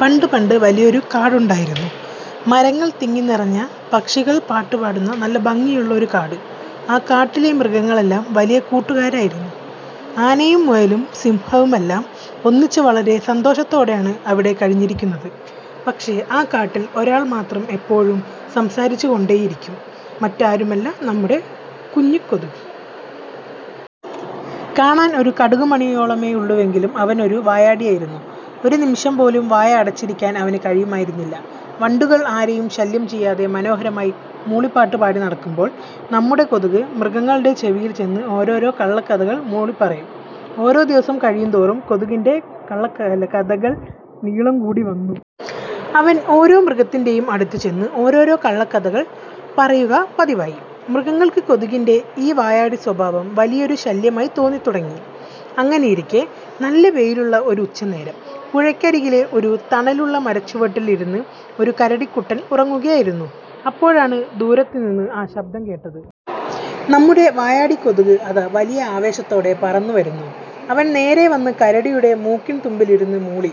പണ്ട് പണ്ട്, വലിയൊരു കാടുണ്ടായിരുന്നു. മരങ്ങൾ തിങ്ങിനിറഞ്ഞ, പക്ഷികൾ പാട്ടുപാടുന്ന, നല്ല ഭംഗിയുള്ള ഒരു കാട്. ആ കാട്ടിലെ മൃഗങ്ങളെല്ലാം വലിയ കൂട്ടുകാരായിരുന്നു. ആനയും മുയലും സിംഹവുമെല്ലാം ഒന്നിച്ച് വളരെ സന്തോഷത്തോടെയാണ് അവിടെ കഴിഞ്ഞിരുന്നത്. പക്ഷേ, ആ കാട്ടിൽ ഒരാൾ മാത്രം എപ്പോഴും സംസാരിച്ചുകൊണ്ടേയിരിക്കും. മറ്റാരുമല്ല, നമ്മുടെ കുഞ്ഞു കൊതുക്! കാണാൻ ഒരു കടുക് മണിയോളമേ ഉള്ളൂവെങ്കിലും അവൻ ഒരു വായാടിയായിരുന്നു. ഒരു നിമിഷം പോലും വായ അടച്ചിരിക്കാൻ അവന് കഴിയുമായിരുന്നില്ല. വണ്ടുകൾ ആരെയും ശല്യം ചെയ്യാതെ മനോഹരമായി മൂളിപ്പാട്ട് പാടി നടക്കുമ്പോൾ, നമ്മുടെ കൊതുക് മൃഗങ്ങളുടെ ചെവിയിൽ ചെന്ന് ഓരോരോ കള്ളക്കഥകൾ മൂളിപ്പറയും! ഓരോ ദിവസം കഴിയുന്തോറും കൊതുകിന്റെ കഥകൾ നീളം കൂടിവന്നു. അവൻ ഓരോ മൃഗത്തിന്റെയും അടുത്ത് ചെന്ന് ഓരോരോ കള്ളക്കഥകൾ പറയുക പതിവായി. മൃഗങ്ങൾക്ക് കൊതുകിന്റെ ഈ വായാടി സ്വഭാവം വലിയൊരു ശല്യമായി തോന്നിത്തുടങ്ങി. അങ്ങനെയിരിക്കെ നല്ല വെയിലുള്ള ഒരു ഉച്ചനേരം പുഴയ്ക്കരികിലെ ഒരു തണലുള്ള മരച്ചുവട്ടിൽ ഇരുന്ന് ഒരു കരടിക്കുട്ടൻ ഉറങ്ങുകയായിരുന്നു. അപ്പോഴാണ് ദൂരത്തു നിന്ന് ആ ശബ്ദം കേട്ടത്! നമ്മുടെ വായാടി കൊതുക് അതാ വലിയ ആവേശത്തോടെ പറന്നു വരുന്നു! അവൻ നേരെ വന്ന് കരടിയുടെ മൂക്കിൻതുമ്പിലിരുന്ന് മൂളി: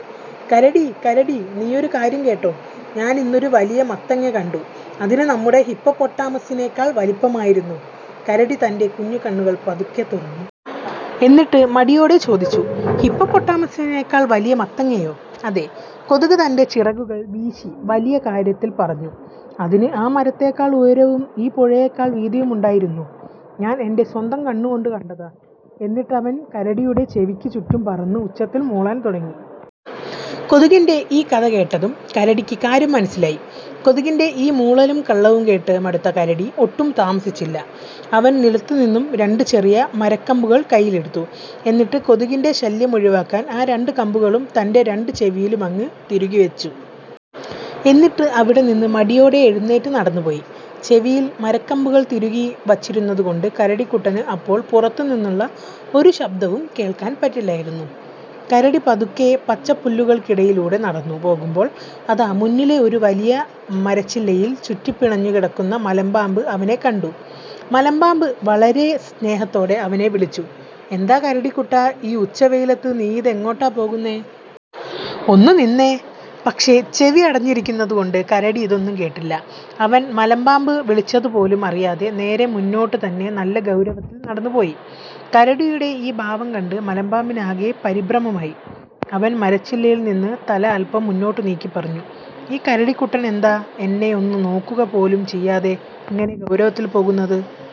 "കരടീ, കരടീ… നീയൊരു കാര്യം കേട്ടോ? ഞാൻ ഇന്നൊരു വലിയ മത്തങ്ങ കണ്ടു! അതിന് നമ്മുടെ ഹിപ്പോപ്പൊട്ടാമസിനേക്കാൾ വലിപ്പമായിരുന്നു! " കരടി തന്റെ കുഞ്ഞു കണ്ണുകൾ പതുക്കെ തുറന്നു. എന്നിട്ട് മടിയോടെ ചോദിച്ചു: "ഹിപ്പോപ്പൊട്ടാമസിനേക്കാൾ വലിയ മത്തങ്ങയോ? " "അതെ! " കൊതുക് തന്റെ ചിറകുകൾ വീശി വലിയ കാര്യത്തിൽ പറഞ്ഞു. "അതിന് ആ മരത്തേക്കാൾ ഉയരവും ഈ പുഴയേക്കാൾ വീതിയുമുണ്ടായിരുന്നു! ഞാൻ എന്റെ സ്വന്തം കണ്ണുകൊണ്ട് കണ്ടതാ! " എന്നിട്ടവൻ കരടിയുടെ ചെവിക്ക് ചുറ്റും പറന്ന് ഉച്ചത്തിൽ മൂളാൻ തുടങ്ങി. കൊതുകിന്റെ ഈ കഥ കേട്ടതും കരടിക്ക് കാര്യം മനസ്സിലായി. കൊതുകിന്റെ ഈ മൂളലും കള്ളവും കേട്ട് മടുത്ത കരടി ഒട്ടും താമസിച്ചില്ല; അവൻ നിലത്തുനിന്നും രണ്ട് ചെറിയ മരക്കമ്പുകൾ കൈയിലെടുത്തു. എന്നിട്ട്, കൊതുകിന്റെ ശല്യം ഒഴിവാക്കാൻ ആ രണ്ട് കമ്പുകളും തന്റെ രണ്ട് ചെവിയിലും അങ്ങ് തിരുകി വെച്ചു! എന്നിട്ട് അവിടെനിന്ന് മടിയോടെ എഴുന്നേറ്റ് നടന്നുപോയി. ചെവിയിൽ മരക്കമ്പുകൾ തിരുകി വച്ചിരുന്നതു കൊണ്ട് കരടിക്കുട്ടന് അപ്പോൾ പുറത്തുനിന്നുള്ള ഒരു ശബ്ദവും കേൾക്കാൻ പറ്റില്ലായിരുന്നു. കരടി പതുക്കെ പച്ചപ്പുല്ലുകൾക്കിടയിലൂടെ നടന്നു പോകുമ്പോൾ, അതാ മുന്നിലെ ഒരു വലിയ മരച്ചില്ലയിൽ ചുറ്റിപ്പിണഞ്ഞു കിടന്നിരുന്ന മലമ്പാമ്പ് അവനെ കണ്ടു. മലമ്പാമ്പ് വളരെ സ്നേഹത്തോടെ അവനെ വിളിച്ചു: "എന്താ കരടിക്കുട്ടാ, ഈ ഉച്ചവെയിലത്ത് നീയിത് എങ്ങോട്ടാ പോകുന്നേ? ഒന്ന് നിന്നേ… " പക്ഷേ, ചെവി അടഞ്ഞിരുന്നതു കൊണ്ട് കരടി ഇതൊന്നും കേട്ടില്ല. അവൻ മലമ്പാമ്പ് വിളിച്ചതു പോലും അറിയാതെ, നേരെ മുന്നോട്ട് തന്നെ നല്ല ഗൗരവത്തിൽ നടന്നുപോയി. കരടിയുടെ ഈ ഭാവം കണ്ട് മലമ്പാമ്പിന് ആകെ പരിഭ്രമമായി! അവൻ മരച്ചില്ലയിൽ നിന്ന് തല അല്പം മുന്നോട്ട് നീട്ടി പറഞ്ഞു "ഈ കരടിക്കുട്ടൻ എന്താ എന്നെ ഒന്ന് നോക്കുക പോലും ചെയ്യാതെ ഇങ്ങനെ ഗൗരവത്തിൽ പോകുന്നത്?